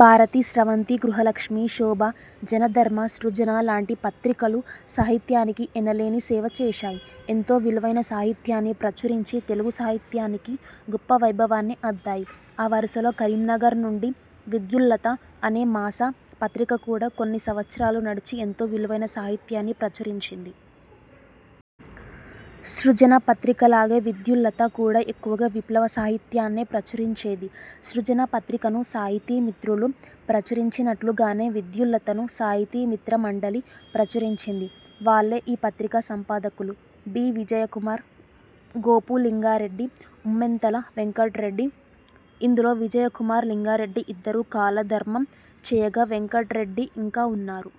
భారతి, స్రవంతి, గృహలక్ష్మి, శోభ, జనధర్మ, సృజన లాంటి పత్రికలు సాహిత్యానికి ఎనలేని సేవచేశాయి. ఎంతో విలువైన సాహిత్యాన్ని ప్రచురించి తెలుగు సాహిత్యానికి గొప్ప వైభవాన్ని అద్దాయి. ఆ వరుసలో కరీంనగర్ నుండి 'విద్యుల్లత' అనే మాస పత్రిక కూడా కొన్ని సంవత్సరాలు నడిచి ఎంతో విలువైన సాహిత్యాన్ని ప్రచురించింది. సృజన పత్రికలాగే విద్యుల్లత కూడా ఎక్కువగా విప్లవ సాహిత్యాన్నే ప్రచురించేది. సృజన పత్రికను 'సాహితీ మిత్రులు' ప్రచురించినట్లుగానే విద్యుల్లతను 'సాహితీ మిత్ర మండలి' ప్రచురించింది. వాళ్లే ఈ పత్రిక సంపాదకులు: బి. విజయకుమార్, గోపు లింగా రెడ్డి, ఉమ్మెంతల వెంకట్రెడ్డి. ఇందులో విజయకుమార్, లింగారెడ్డి ఇద్దరూ కాలధర్మం చేయగా, వెంకట్రెడ్డి ఇంకా ఉన్నారు.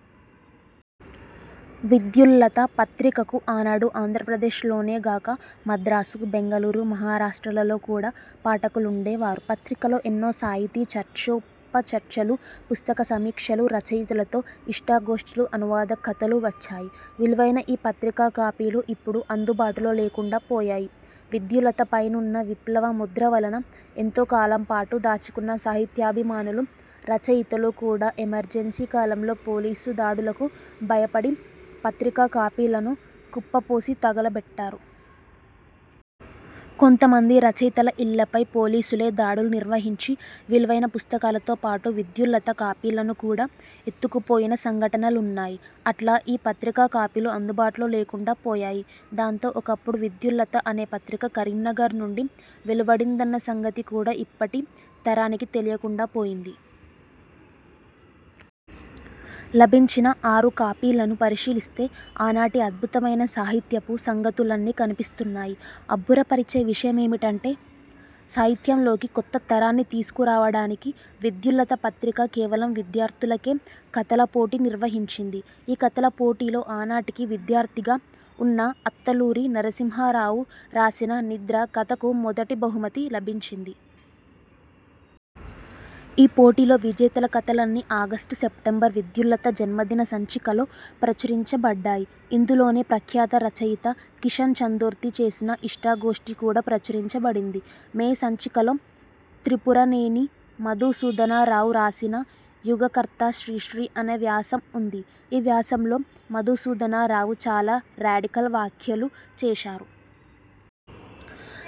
విద్యుల్లత పత్రికకు ఆనాడు ఆంధ్రప్రదేశ్లోనే గాక మద్రాసు, బెంగుళూరు, మహారాష్ట్రలలో కూడా పాఠకులుండేవారు. పత్రికలో ఎన్నో సాహితీ చర్చోపచర్చలు, పుస్తకసమీక్షలు, రచయితలతో ఇష్టాగోష్ఠులు, అనువాద కథలూ వచ్చాయి. విలువైన ఈ పత్రిక కాపీలు ఇప్పుడు అందు బాటులో లేకుండా పోయాయి. విద్యుల్లతపైనున్న విప్లవ ముద్ర వలన ఎంతో కాలంపాటు దాచుకున్న సాహిత్యాభిమానులు, రచయితలు కూడా ఎమర్జెన్సీ కాలంలో పోలీసు దాడులకు భయపడి పత్రిక కాపీలను కుప్పపోసి తగులబెట్టారు. కొంతమంది రచయితల ఇళ్లపై పోలీసులే దాడులు నిర్వహించి విలువైన పుస్తకాలతోపాటు విద్యుల్లత కాపీలను కూడా ఎత్తుకుపో యిన సంఘటనలున్నాయి. అట్లా ఈ పత్రిక కాపీలు అందుబాటులో లేకుండా పోయాయి. దాంతో ఒకప్పుడు విద్యుల్లత అనే పత్రిక కరీంనగర్ నుండి వెలువడిందన్న సంగతి కూడా ఇప్పటి తరానికి తెలియకుండా పోయింది. లభించిన ఆరు కాపీలను పరిశీలిస్తే ఆనాటి అద్భుతమైన సాహిత్యపు సంగతులన్నీ కనిపిస్తున్నాయి. అబ్బురపరిచే విషయమేంటంటే సాహిత్యంలోకి కొత్త తరాన్ని తీసుకురావడానికి విద్యుల్లత పత్రిక కేవలం విద్యార్థులకే కథల పోటీ నిర్వహించింది. ఈ కథల పోటీలో ఆనాటికి విద్యార్థిగా ఉన్న అత్తలూరి నరసింహారావు రాసిన 'నిద్ర' కథకు మొదటి బహుమతి లభించింది. ఈ పోటీలో విజేతల కథలన్నీ ఆగష్టు-సెప్టెంబర్ విద్యుల్లత జన్మదిన సంచికలో ప్రచురింపబడ్డాయి. ఇందులోనే ప్రఖ్యాత రచయిత కిషన్ చందర్తో చేసిన ఇష్టాగోష్ఠి కూడా ప్రచురింపబడింది. మే సంచికలో త్రిపురనేని మధుసూధన రావు రాసిన 'యుగకర్త శ్రీశ్రీ' అనే వ్యాసం ఉంది. ఈ వ్యాసంలో మధుసూదన రావు చాలా రాడికల్ వ్యాఖ్యలు చేశారు.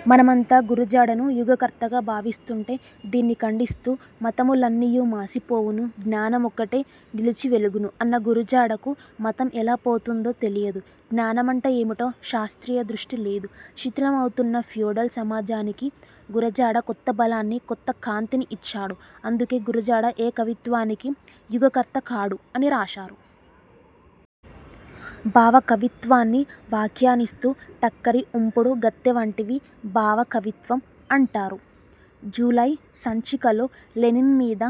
మనమంతా గురజాడను యుగకర్తగా భావిస్తుంటే దీన్ని ఖండిస్తూ '' 'మతములన్నియు మాసిపోవును, జ్ఞానమొక్కటె నిలిచి వెలుగును' అన్న గురజాడకు మతం ఎలా పోతుందో తెలియదు. జ్ఞానమంటే ఏమిటో శాస్త్రీయదృష్టి లేదు. శిథిలమవుతున్న ఫ్యూడల్ సమాజానికి గురజాడ కొత్తబలాన్ని, కొత్త కాంతిని ఇచ్చాడు. అందుకే గురజాడ ఏ కవిత్వానికి యుగకర్త కాడు'' అని రాశారు. భావ కవిత్వాన్ని వ్యాఖ్యానిస్తూ ''టక్కరి ఉంపుడు గత్తె వంటిది భావకవిత్వం'' అంటారు. జూలై సంచికలో లెనిన్ మీద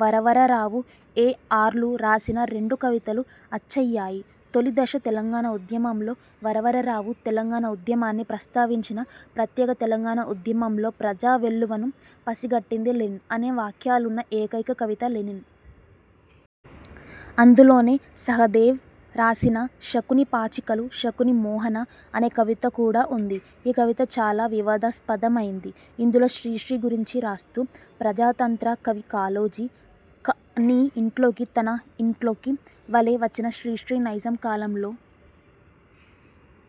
వరవరరావు, ఏ. ఆర్లు రాసిన రెండు కవితలు అచ్చయ్యాయి. తొలిదశ తెలంగాణ ఉద్యమంలో వరవరరావు తెలంగాణ ఉద్యమాన్ని ప్రస్తావించిన 'ప్రత్యేక తెలంగాణ ఉద్యమంలో/ ప్రజా వెల్లువను పసిగట్టింది లెనిన్' అనే వాక్యాలున్న ఏకైక కవిత 'లెనిన్'. ఇందులోనే సహదేవ్ రాసిన 'శకుని పాచికలు శకుని మొహాన' అనే కవిత కూడా ఉంది. ఈ కవిత చాలా వివాదాస్పదమైంది. ఇందులో శ్రీశ్రీ గురించి రాస్తూ ''ప్రజాతంత్ర కవి కాళోజీ, నీ ఇంట్లోకి తన ఇంట్లోకి వలె వచ్చిన శ్రీశ్రీ నైజాం కాలంలో